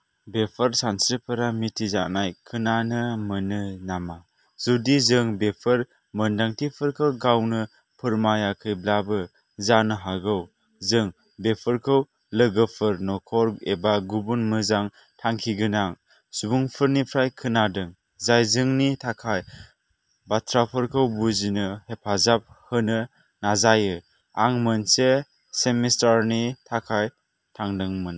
" बेफोर सानस्रिफोरा मिथिजानाय खोनानो मोनो नामा? जुदि जों बेफोर मोनदांथिफोरखौ गावनो फोरमायाखैब्लाबो, जानो हागौ जों बेफोरखौ लोगोफोर, नखर एबा गुबुन मोजां-थांखिगोनां सुबुंफोरनिफ्राय खोनादों, जाय जोंनि थाखाय बाथ्राफोरखौ बुजिनो हेफाजाब होनो नाजायो। आं मोनसे सेमिस्टारनि थाखाय थांदोंमोन।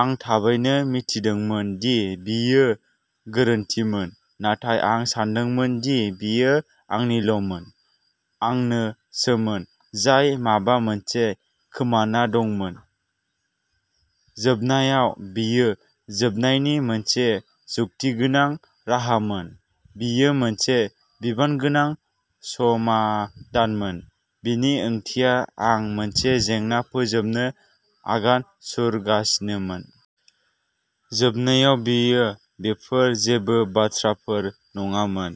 आं थाबैनो मिथिदोंमोन दि बेयो गोरोन्थिमोन, नाथाय आं सान्दोंमोन दि बेयो आंनिल'मोन। आंनोसोमोन जाय माबा मोनसे खोमाना दंमोन। जोबनायाव, बेयो जोबनायनि मोनसे जुक्तिगोनां राहामोन। बेयो मोनसे बिबानगोनां समाधानमोन। बेनि ओंथिया आं मोनसे जेंना फोजोबनो आगान सुरगासिनोमोन। जोबनायाव, बेयो बेफोर जेबो बाथ्राफोर नङामोन।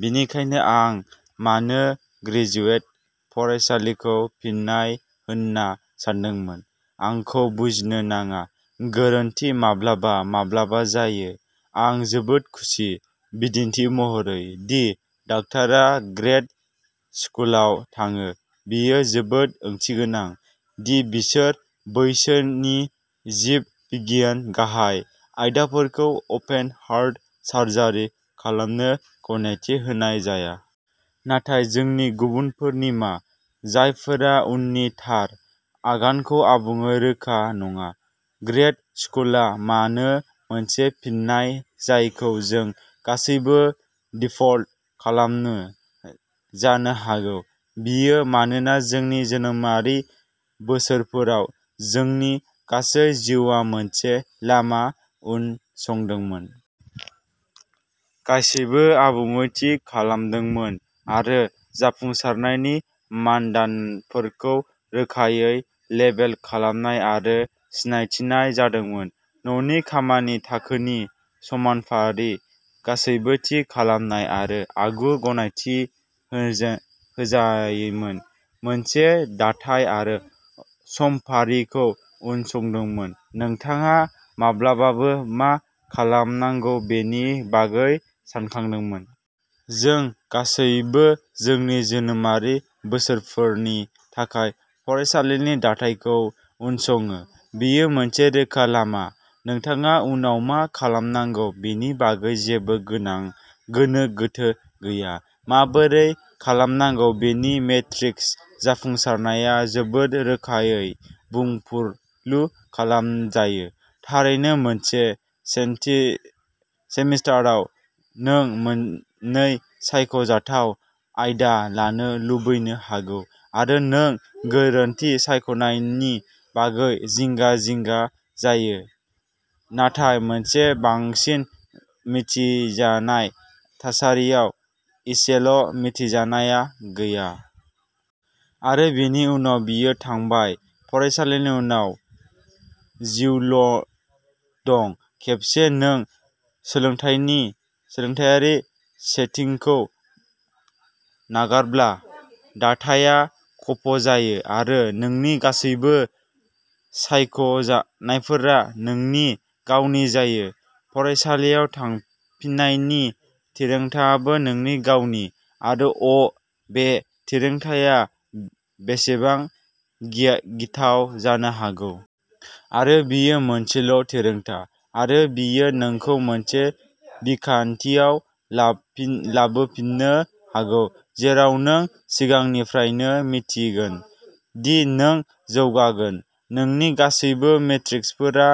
बेनिखायनो आं मानो ग्रेजुवेट फरायसालिखौ फिन्नाय होनना सानदोंमोन? आंखौ बुजिनो नाङा। गोरोन्थि, माब्लाबा माब्लाबा जायो। आं जोबोद खुसि, बिदिन्थि महरै, दि डाक्टरा ग्रेद स्कुलाव थाङो। बेयो जोबोद ओंथिगोनां दि बोसोर बैसोनि जिब बिगियाननि गाहाय आयदाफोरखौ अपेन-हार्ट सार्जारि खालामनो गनायथि होनाय जाया। नाथाय, जोंनि गुबुनफोरनि मा? जायफोरा उननि "थार" आगानखौ आबुङै रोखा नङा? ग्रेद स्कुलआ मानो मोनसे फिननाय जायखौ जों गासैबो दिफल्ट खालामो? जानो हागौ बेयो मानोना जोंनि जोनोमारि बोसोरफोराव, जोंनि गासै जिउआ मोनसे लामा उनसंदोंमोन। गासैबो आबुङै थि खालामजादोंमोन आरो जाफुंसारनायनि मानदान्दाफोरखौ रोखायै लेबेल खालामनाय आरो सिनायथिनाय जादोंमोन। न'नि खामानि, थाखोनि समफारि-गासैबो थि खालामनाय आरो आगु-गनायथि होजानायमोन। मोनसे दाथाय आरो समफारिखौ उनसंदोंमोन। नोंथाङा माब्लाबाबो मा खालामनांगौ बेनि बागै सानाखैमोन। जों गासैबो जोंनि जोनोमारि बोसोरफोरनि थाखाय फरायसालिनि दाथायखौ उनसङो। बेयो मोनसे रोखा लामा। नोंथाङा उनाव मा खालामनांगौ बेनि बागै जेबो गोनो गोथो गैया। माबोरै खालामनांगौ बेनि मेट्रिक्स। जाफुंसारनाया जोबोद रोखायै बुंफुरलु खालामजायो। थारैनो, मोनसे सेमिस्टारआव नों मोननै सायख'जाथाव आयदा लानो लुबैनो हागौ आरो नों गोरोन्थि सायख'नायनि बागै जिंगा-जिंगा जायो, नाथाय मोनसे बांसिन मिथिजानाय थासारियाव इसेल'मिथिजानाय गैया। आरो बेनि उनाव बेयो थांबाय। फरायसालिनि उनाव, जिउल'दं। खेबसे नों सोलोंथायारि सेटिंखौ नागारब्ला, दाथाइया खफ'जायो आरो नोंनि गासैबो सायख'नायफोरा नोंनि गावनि जायो। फरायसालियाव थांफिननायनि थिरांथाआबो नोंनि गावनि। आरो अ ', बे थिरांथाआ बेसेबां गिथाव जानो हागौ! आरो, बेयो मोनसेल'थिरांथा, आरो बेयो नोंखौ मोनसे बिखान्थियाव लाबोफिन्नो हागौ जेराव नों सिगांनिफ्रायनो मिन्थिगोन दि नों जौगागोन। नोंनि गासैबो मेट्रिक्सफोरा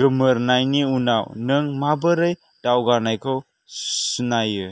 गोमोरनायनि उनाव नों माबोरै दावगानायखौ सुनायो?